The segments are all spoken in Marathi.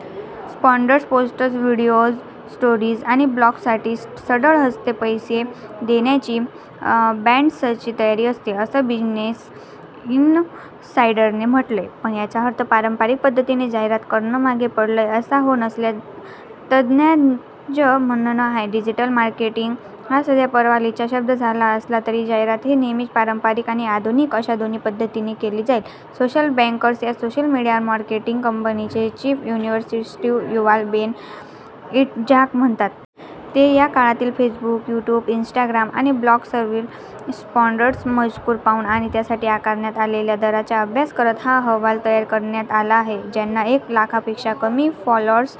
स्पॉन्सर्ड पोस्ट्स, व्हिडिओज, स्टोरीज आणि ब्लॉग्ससाठी सढळहस्ते पैसे देण्याची ब्रॅण्ड्सची तयारी असते असं बिझनेस इनसायडरने म्हटलंय. पण याचा अर्थ पारंपरिक पद्धतीने जाहिरात करणं मागे पडलंय असा हो नसल्याचं तज्ज्ञांचं म्हणणं आहे. डिजिटल मार्केटिंग हा सध्या परवलीचा शब्द झाला असला तरी जाहिरात हे नेहमीच पारंपरिक आणि आधुनिक अशा दोन्ही पद्धतींनी केली जाईल सोशलबेकर्स या सोशल मीडिया मार्केटिंग कंपनीचे chief executive Yuval Ben Itzhak म्हणतात. ते या काळातील फेसबुक, युट्यूब, इन्स्टाग्राम आणि ब्लॉग्सवरील स्पॉन्सर्ड मजकूर पाहून आणि त्यासाठी आकारण्यात आलेल्या दरांचा अभ्यास करत हा अहवाल तयार करण्यात आला आहे. ज्यांना एक लाखांपेक्षा कमी फॉलोअर्स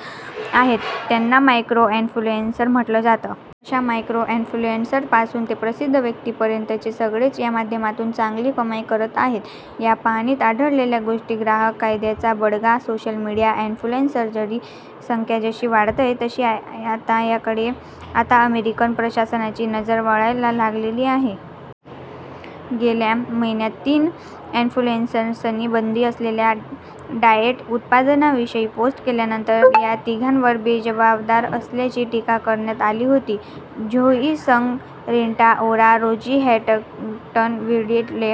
आहेत, त्यांना 'मायक्रो इन्फ्लुएन्सर' म्हटलं जातं. अशा मायक्रो इन्फ्लुएन्सर्सपासून ते प्रसिद्ध व्यक्तींपर्यंतचे सगळेच या माध्यमातून चांगली कमाई करत आहेत. या पाहणीत आढळलेल्या गोष्टी ग्राहक कायद्याचा बडगा सोशल मीडिया इन्फ्लुएन्सर्सची संख्या जशी वाढतेय तशी आता याकडे आता अमेरिकन प्रशासनाची नजर वळायला लागलेली आहे. गेल्या महिन्यात तीन इन्फ्लुएन्सर्सनी बंदी असलेल्या डाएट उत्पादनांविषयी पोस्ट केल्यानंतर या तिघांवर बेजबाबदार असल्याची टीका करण्यात आली होती. झोई सग, रिटा ओरा, रोझी हंटिंग्टन-व्हिटले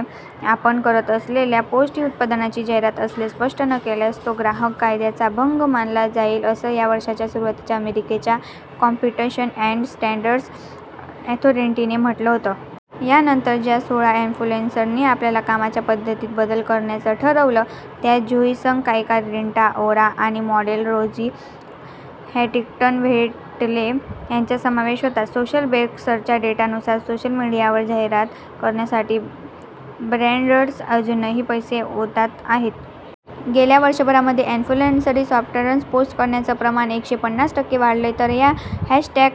आपण करत असलेली पोस्ट ही उत्पादनांची जाहिरात असल्याचं स्पष्ट न केल्यास तो ग्राहक कायद्याचा भंग मानला जाईल असं या वर्षाच्या सुरुवातीला अमेरिकेच्या 'कॉम्पिटिशन अॅण्ड स्टॅण्डर्डस अथॉरिटी'ने म्हटलं होतं. यानंतर ज्या सोळा इन्फ्लुएन्सर्सनी आपल्या कामाच्या पद्धतीत बदल करण्याचं ठरवलं त्यात झोई सग, गायिका रिटा ओरा आणि मॉडेल रोझी हंटिंग्टन-व्हिटले यांचा समावेश होता. सोशलबेकर्सच्या डेटानुसार सोशल मीडियावर जाहिरात करण्यासाठी ब्रॅण्ड्स अजूनही पैसे ओतत आहेत. गेल्या वर्षभरामध्ये इन्फ्लुएनर्ससी स्पॉन्सर्ड पोस्ट करण्याचं प्रमाण एकशे पन्नास टक्के वाढलंय तर हा हॅशटॅग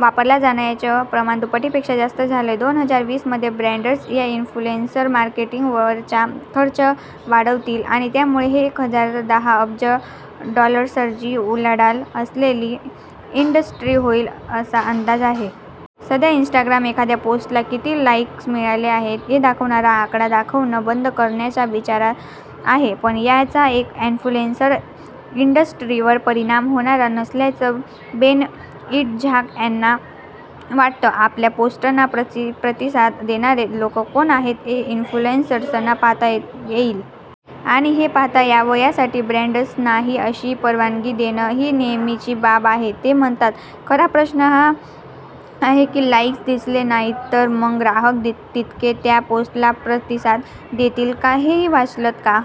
वापरला जाण्याचं प्रमाण दुप्पटीपेक्षा जास्त झालंय. दोन हजार वीस मध्ये ब्रँण्डस या इन्फ्लुएन्सर मार्केटिंगवरचा खर्च वाढवतील आणि त्यामुळे ही एक दहा अब्ज डॉलर्सची उलाढाल असलेली इंडस्ट्री होईल असा अंदाज आहे. सध्या इन्स्टाग्राम एखाद्या पोस्टला किती 'लाईक्स' मिळाले आहेत हे दाखवणारा आकडा दाखवणं बंद करण्याच्या विचारात आहे. पण याचा या इन्फ्लुएन्सर इंडस्ट्रीवर परिणाम होणार नसल्याचं बेन इट्झाक यांना वाटतं. आपल्या पोस्टना प्रतिसाद देणारे लोक कोण आहेत हे इन्फ्लुएन्सर्सना पाहता येईल. आणि हे पाहता यावं यासाठी ब्रॅण्डसनाही अशी परवानगी देणं ही नेहमीची बाब आहे ते म्हणतात. खरा प्रश्न हा आहे की लाईक्स दिसले नाहीत तर मग ग्राहक तितके त्या पोस्टला प्रतिसाद देतील का हेही वाचलंत का?